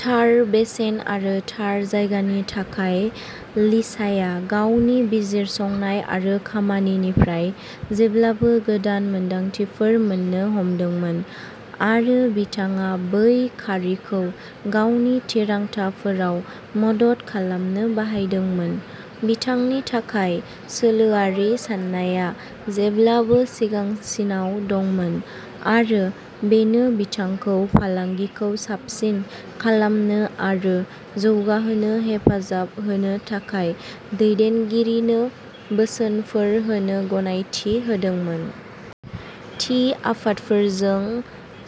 थार बेसेन आरो थार जायगानि थाखाय लिसाया गावनि बिजिरसंनाय आरो खामानिनिफ्राय जेब्लाबो गोदान मोनदांथिफोर मोन्नो हमदोंमोन आरो बिथाङा बै खारिखौ गावनि थिरांथाफोराव मदद खालामनो बाहायदोंमोन। बिथांनि थाखाय सोलोआरि साननाया जेब्लाबो सिगांसिनाव दंमोन आरो बेनो बिथांखौ फालांगिखौ साबसिन खालामनो आरो जौगाहोनो हेफाजाब होनो थाखाय दैदेनगिरिनो बोसोनफोर होनो गनायथि होदोंमोन। थि आफादफोरजों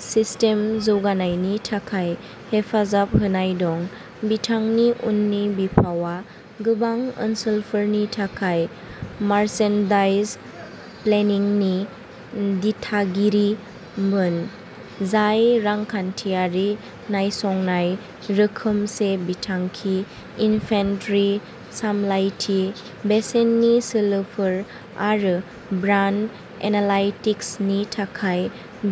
सिस्टेम जौगानायनि थाखाय हेफाजाब होनाय दं। बिथांनि उननि बिफावआ गोबां ओनसोलफोरनि थाखाय मार्चेन्डाइज प्लेनिंनि दिथागिरिमोन, जाय रांखान्थियारि नायसंनाय, रोखोमसे बिथांखि, इनभेन्ट्रि सामलायथि, बेसेननि सोलोफोर आरो ब्रान्ड एनालाइटिक्सनि थाखाय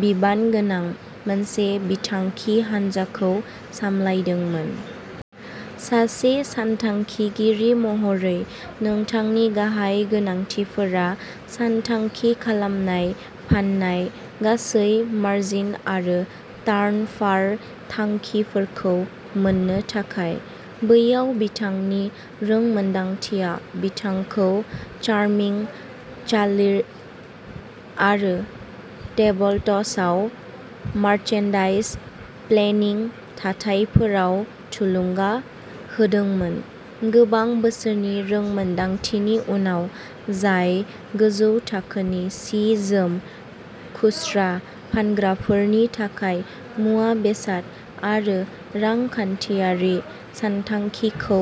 बिबानगोनां मोनसे बिथांखि हानजाखौ सामलायदोंमोन। सासे सानथांखिगिरि महरै नोंथांनि गाहाय गोनांथिफोरा सानथांखि खालामनाय फान्नाय, गासै मार्जिन आरो टार्नभार थांखिफोरखौ मोन्नो थाखाय। बैयाव बिथांनि रोंमोनदांथिया बिथांखौ चार्मिंग चार्ली आरो टेबलट्सआव मार्चेन्डाइज प्लेनिं थाथायफोराव थुलुंगा होदोंमोन। गोबां बोसोरनि रोंमोन्दांथिनि उनाव, जाय गोजौ थाखोनि सि-जोम खुस्रा फानग्राफोरनि थाखाय मुवा-बेसाद आरो रांखान्थियारि सानथांखिखौ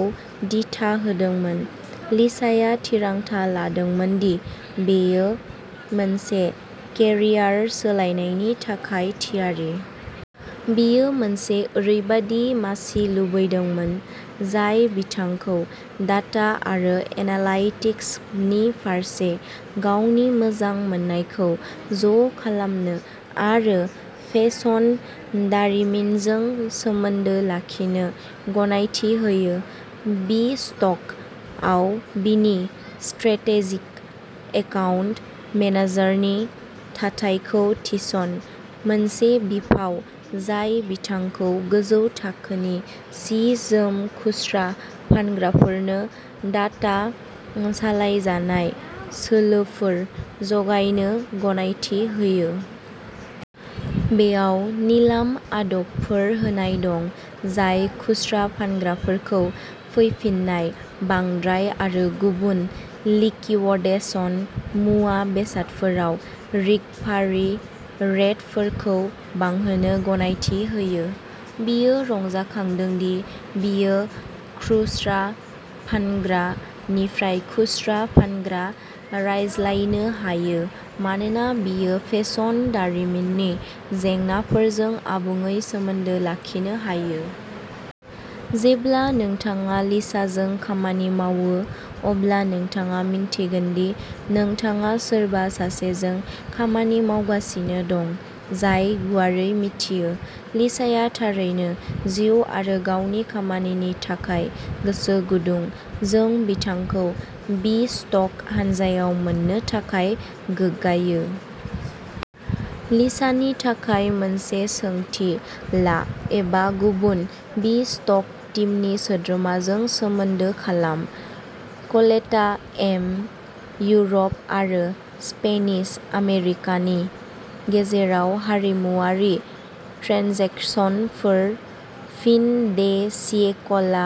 दिथा होदोंमोन, लिसाया थिरांथा लादोंमोन दि बियो मोनसे केरियार सोलायनायनि थाखाय थियारि। बियो मोनसे ओरैबायदि मासि लुबैदोंमोन जाय बिथांखौ डाटा आरो एनालाइटिक्सनि फारसे गावनि मोजां मोननायखौ ज' खालामनो आरो फेशन दारिमिनजों सोमोन्दो लाखिनो गनायथि होयो। बि-स्टकआव बेनि स्ट्रेटेजिक एकाउन्ट मेनेजारनि थाथायखौ थिसन, मोनसे बिफाव जाय बिथांखौ गोजौ थाखोनि सि-जोम खुस्रा फानग्राफोरनो डाटा सालायजानाय सोलोफोर जगायनो गनायथि होयो। बेयाव निलाम आदबफोर होनाय दं जाय खुस्रा फानग्राफोरखौ फैफिन्नाय, बांद्राय आरो गुबुन लिकिवडेशन मुवा-बेसादफोराव रिकभारि रेटफोरखौ बांहोनो गनायथि होयो। बियो रंजाखांदों दि बियो खुस्रा फानग्रा-निफ्राय-खुस्रा फानग्रा रायज्लायनो हायो मानोना बियो फेशन दारिमिननि जेंनाफोरजों आबुङै सोमोन्दो लाखिनो हायो। जेब्ला नोंथाङा लिसाजों खामानि मावो, अब्ला नोंथाङा मिन्थिगोन दि नोंथाङा सोरबा सासेजों खामानि मावगासिनो दं जाय गुवारै मिथियो। लिसाया थारैनो जिउ आरो गावनि खामानिनि थाखाय गोसो गुदुं, जों बिथांखौ बि-स्टक हानजायाव मोन्नो थाखाय गोग्गायो। लिसानि थाखाय मोनसे सोंथि ला एबा गुबुन बि-स्टक टीमनि सोद्रोमाजों सोमोन्दो खालाम। कलेटा, एम इउर'प आरो स्पेनिश आमेरिकानि गेजेराव हारिमुआरि ट्रेन्जेकसनफोर, फिन-दे-सियेकलआ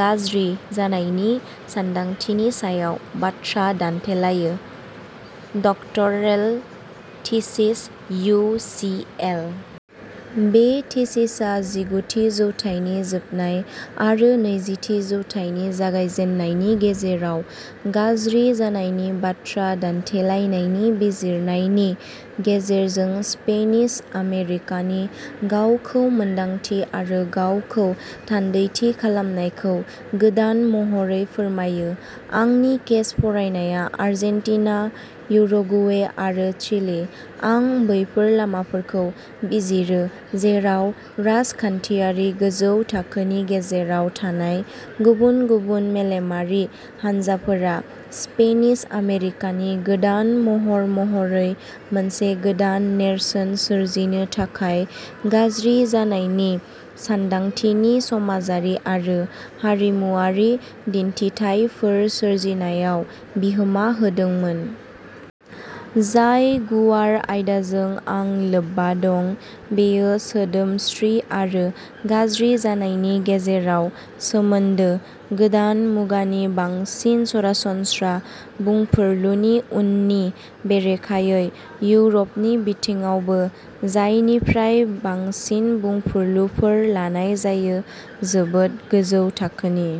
गाज्रि जानायनि सानदांथिनि सायाव बाथ्रा दान्थेलायो। Doctoral thesis, U C L. बे थिसिसआ जिगुथि जौथाइनि जोबनाय आरो नैजिथि जौथाइनि जागायजेन्नायनि गेजेराव गाज्रि जानायनि बाथ्रा दान्थेलायनायनि बिजिरनायनि गेजेरजों स्पेनिश आमेरिकानि गावखौ-मोनदांथि आरो गावखौ-थान्दैथि खालामनायखौ गोदान महरै फोरमायो। आंनि केस फरायनाया आर्जेन्टिना, उरुगुवे आरो चिलि। आं बैफोर लामाफोरखौ बिजिरो जेराव राजखान्थियारि गोजौ थाखोनि गेजेराव थानाय गुबुन-गुबुन मेलेमारि हानजाफोरा, स्पेनिश आमेरिकानि गोदान महर महरै मोनसे गोदान नेरसोन सोरजिनो थाखाय गाज्रि जानायनि सानदांथिनि समाजारि आरो हारिमुआरि दिन्थिथायफोर सोरजिनायाव बिहोमा होदोंमोन। जाय गुवार आयदाजों आं लोब्बा दं बेयो सोदोमस्रि आरो गाज्रि जानायनि गेजेराव सोमोन्दो, गोदान मुगानि बांसिन सरासनस्रा बुंफुरलुनि उननि बेरेखायै। इउर'पनि बिथिङावबो, जायनिफ्राय बांसिन बुंफुरलुफोर लानाय जायो, जोबोद गोजौ थाखोनि।